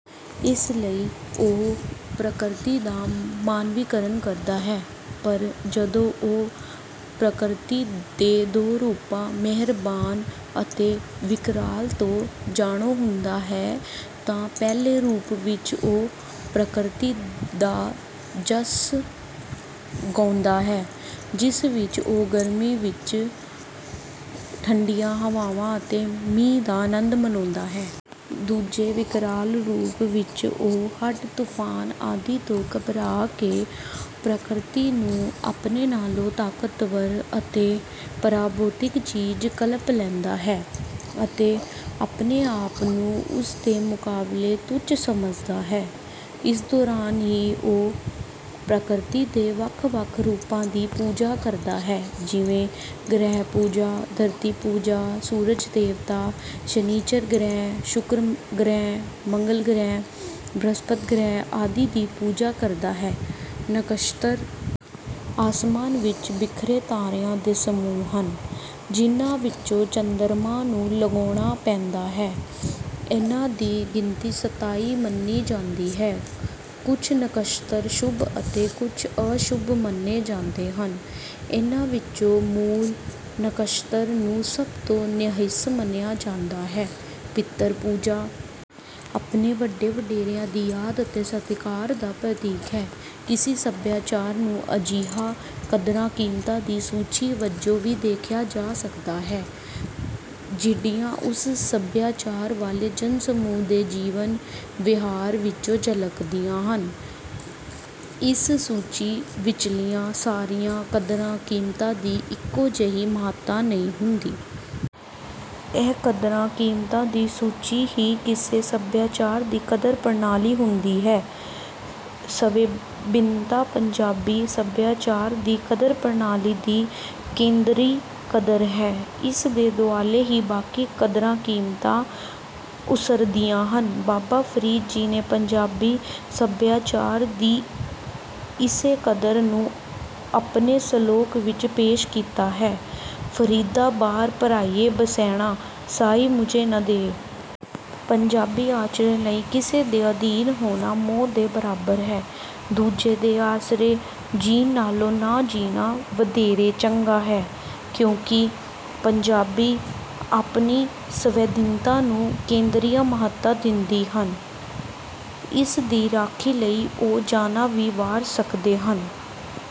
ਇਸ ਲਈ ਉਹ ਪ੍ਰਕਿਰਤੀ ਦਾ ਮਾਨਵੀਕਰਨ ਕਰਦਾ ਹੈ। ਪਰ ਜਦੋਂ ਉਹ ਪ੍ਰਕਿਰਤੀ ਦੇ ਦੋ ਰੂਪਾਂ ਮਿਹਰਬਾਨ ਅਤੇ ਵਿਕਰਾਲ ਤੋਂ ਜਾਣੂ ਹੁੰਦਾ ਹੈ, ਤਾਂ ਪਹਿਲੇ ਰੂਪ ਵਿੱਚ ਉਹ ਪ੍ਰਕਿਰਤੀ ਦਾ ਜਸ ਗਾਉਂਦਾ ਹੈ, ਜਿਸ ਵਿੱਚ ਉਹ ਗਰਮੀ ਵਿੱਚ ਠੰਢੀਆਂ ਹਵਾਵਾਂ ਅਤੇ ਮੀਂਹ ਦਾ ਆਨੰਦ ਮਾਣਦਾ ਹੈ। ਦੂਜੇ, ਵਿਕਰਾਲ ਰੂਪ ਵਿੱਚ ਉਹ ਹੜ੍ਹ, ਤੂਫ਼ਾਨ ਆਦਿ ਤੋਂ ਘਬਰਾ ਕੇ ਪ੍ਰਕਿਰਤੀ ਨੂੰ ਆਪਣੇ ਨਾਲੋਂ ਤਾਕਤਵਰ ਅਤੇ ਪਰਾਭੌਤਿਕ ਚੀਜ਼ ਕਲਪ ਲੈਂਦਾ ਹੈ ਅਤੇ ਆਪਣੇ ਆਪ ਨੂੰ ਉਸ ਦੇ ਮੁਕਾਬਲੇ ਤੁੱਛ ਸਮਝਦਾ ਹੈ। ਇਸ ਦੌਰਾਨ ਹੀ ਉਹ ਪ੍ਰਕਿਰਤੀ ਦੇ ਵੱਖ-ਵੱਖ ਰੂਪਾਂ ਦੀ ਪੂਜਾ ਕਰਦਾ ਹੈ, ਜਿਵੇਂ—ਗ੍ਰਹਿ-ਪੂਜਾ, ਧਰਤੀ-ਪੂਜਾ, ਸੂਰਜ-ਦੇਵਤਾ, ਸ਼ਨਿਚਰ ਗ੍ਰਹਿ, ਸ਼ੁੱਕਰ ਗ੍ਰਹਿ, ਮੰਗਲ ਗ੍ਰਹਿ, ਬ੍ਰਹਿਸਪਤੀ ਗ੍ਰਹਿ ਆਦਿ ਦੀ ਪੂਜਾ ਕਰਦਾ ਹੈ। ਨਕਸ਼ਤਰ ਅਸਮਾਨ ਵਿੱਚ ਬਿਖਰੇ ਤਾਰਿਆਂ ਦੇ ਸਮੂਹ ਹਨ, ਜਿਨ੍ਹਾਂ ਵਿੱਚੋਂ ਚੰਦਰਮਾ ਨੂੰ ਲੰਘਣਾ ਪੈਂਦਾ ਹੈ। ਇਨ੍ਹਾਂ ਦੀ ਗਿਣਤੀ ਸਤਾਈ ਮੰਨੀ ਜਾਂਦੀ ਹੈ। ਕੁਝ ਨਕਸ਼ਤਰ ਸ਼ੁਭ ਅਤੇ ਕੁਝ ਅਸ਼ੁਭ ਮੰਨੇ ਜਾਂਦੇ ਹਨ। ਇਨ੍ਹਾਂ ਵਿੱਚੋਂ ਮੂਲ ਨਕਸ਼ਤਰ ਨੂੰ ਸਭ ਤੋਂ ਨਹਿਸ ਮੰਨਿਆ ਜਾਂਦਾ ਹੈ। ਪਿਤਰ-ਪੂਜਾ ਆਪਣੇ ਵੱਡੇ-ਵਡੇਰਿਆਂ ਦੀ ਯਾਦ ਅਤੇ ਸਤਿਕਾਰ ਦਾ ਪ੍ਰਤੀਕ ਹੈ। ਕਿਸੇ ਸਭਿਆਚਾਰ ਨੂੰ ਅਜਿਹੀਆਂ ਕਦਰਾਂ-ਕੀਮਤਾਂ ਦੀ ਸੂਚੀ ਵਜੋਂ ਵੀ ਦੇਖਿਆ ਜਾ ਸਕਦਾ ਹੈ, ਜਿਹੜੀਆਂ ਉਸ ਸਭਿਆਚਾਰ ਵਾਲੇ ਜਨ-ਸਮੂਹ ਦੇ ਜੀਵਨ-ਵਿਹਾਰ ਵਿੱਚੋਂ ਝਲਕਦੀਆਂ ਹਨ। ਇਸ ਸੂਚੀ ਵਿੱਚਲੀਆਂ ਸਾਰੀਆਂ ਕਦਰਾਂ-ਕੀਮਤਾਂ ਦੀ ਇੱਕੋ ਜਿਹੀ ਮਹੱਤਤਾ ਨਹੀਂ ਹੁੰਦੀ। ਇਹ ਕਦਰਾਂ-ਕੀਮਤਾਂ ਦੀ ਸੂਚੀ ਹੀ ਕਿਸੇ ਸਭਿਆਚਾਰ ਦੀ ਕਦਰ-ਪ੍ਰਣਾਲੀ ਹੁੰਦੀ ਹੈ। ਸਵੈਧੀਨਤਾ ਪੰਜਾਬੀ ਸਭਿਆਚਾਰ ਦੀ ਕਦਰ-ਪ੍ਰਣਾਲੀ ਦੀ ਕੇਂਦਰੀ ਕਦਰ ਹੈ। ਇਸ ਦੇ ਦੁਆਲੇ ਹੀ ਬਾਕੀ ਕਦਰਾਂ-ਕੀਮਤਾਂ ਉਸਰਦੀਆਂ ਹਨ। ਬਾਬਾ ਫ਼ਰੀਦ ਜੀ ਨੇ ਪੰਜਾਬੀ ਸਭਿਆਚਾਰ ਦੀ ਇਸੇ ਕਦਰ ਨੂੰ ਆਪਣੇ ਸਲੋਕ ਵਿੱਚ ਪੇਸ਼ ਕੀਤਾ ਹੈ ਫਰੀਦਾ ਬਾਰਿ ਪਰਾਇਐ ਬੈਸਣਾ, ਸਾਈਂ ਮੁਝੈ ਨ ਦੇਹਿ। ਪੰਜਾਬੀ ਆਚਰਨ ਲਈ ਕਿਸੇ ਦੇ ਅਧੀਨ ਹੋਣਾ ਮੌਤ ਦੇ ਬਰਾਬਰ ਹੈ। ਦੂਜੇ ਦੇ ਆਸਰੇ ਜੀਊਣ ਨਾਲੋਂ ਨਾ ਜੀਊਣਾ ਵਧੇਰੇ ਚੰਗਾ ਹੈ, ਕਿਉਂਕਿ ਪੰਜਾਬੀ ਆਪਣੀ ਸਵੈਧੀਨਤਾ ਨੂੰ ਕੇਂਦਰੀ ਮਹੱਤਤਾ ਦਿੰਦੇ ਹਨ। ਇਸ ਦੀ ਰਾਖੀ ਲਈ ਉਹ ਜਾਨਾਂ ਵੀ ਵਾਰ ਸਕਦੇ ਹਨ।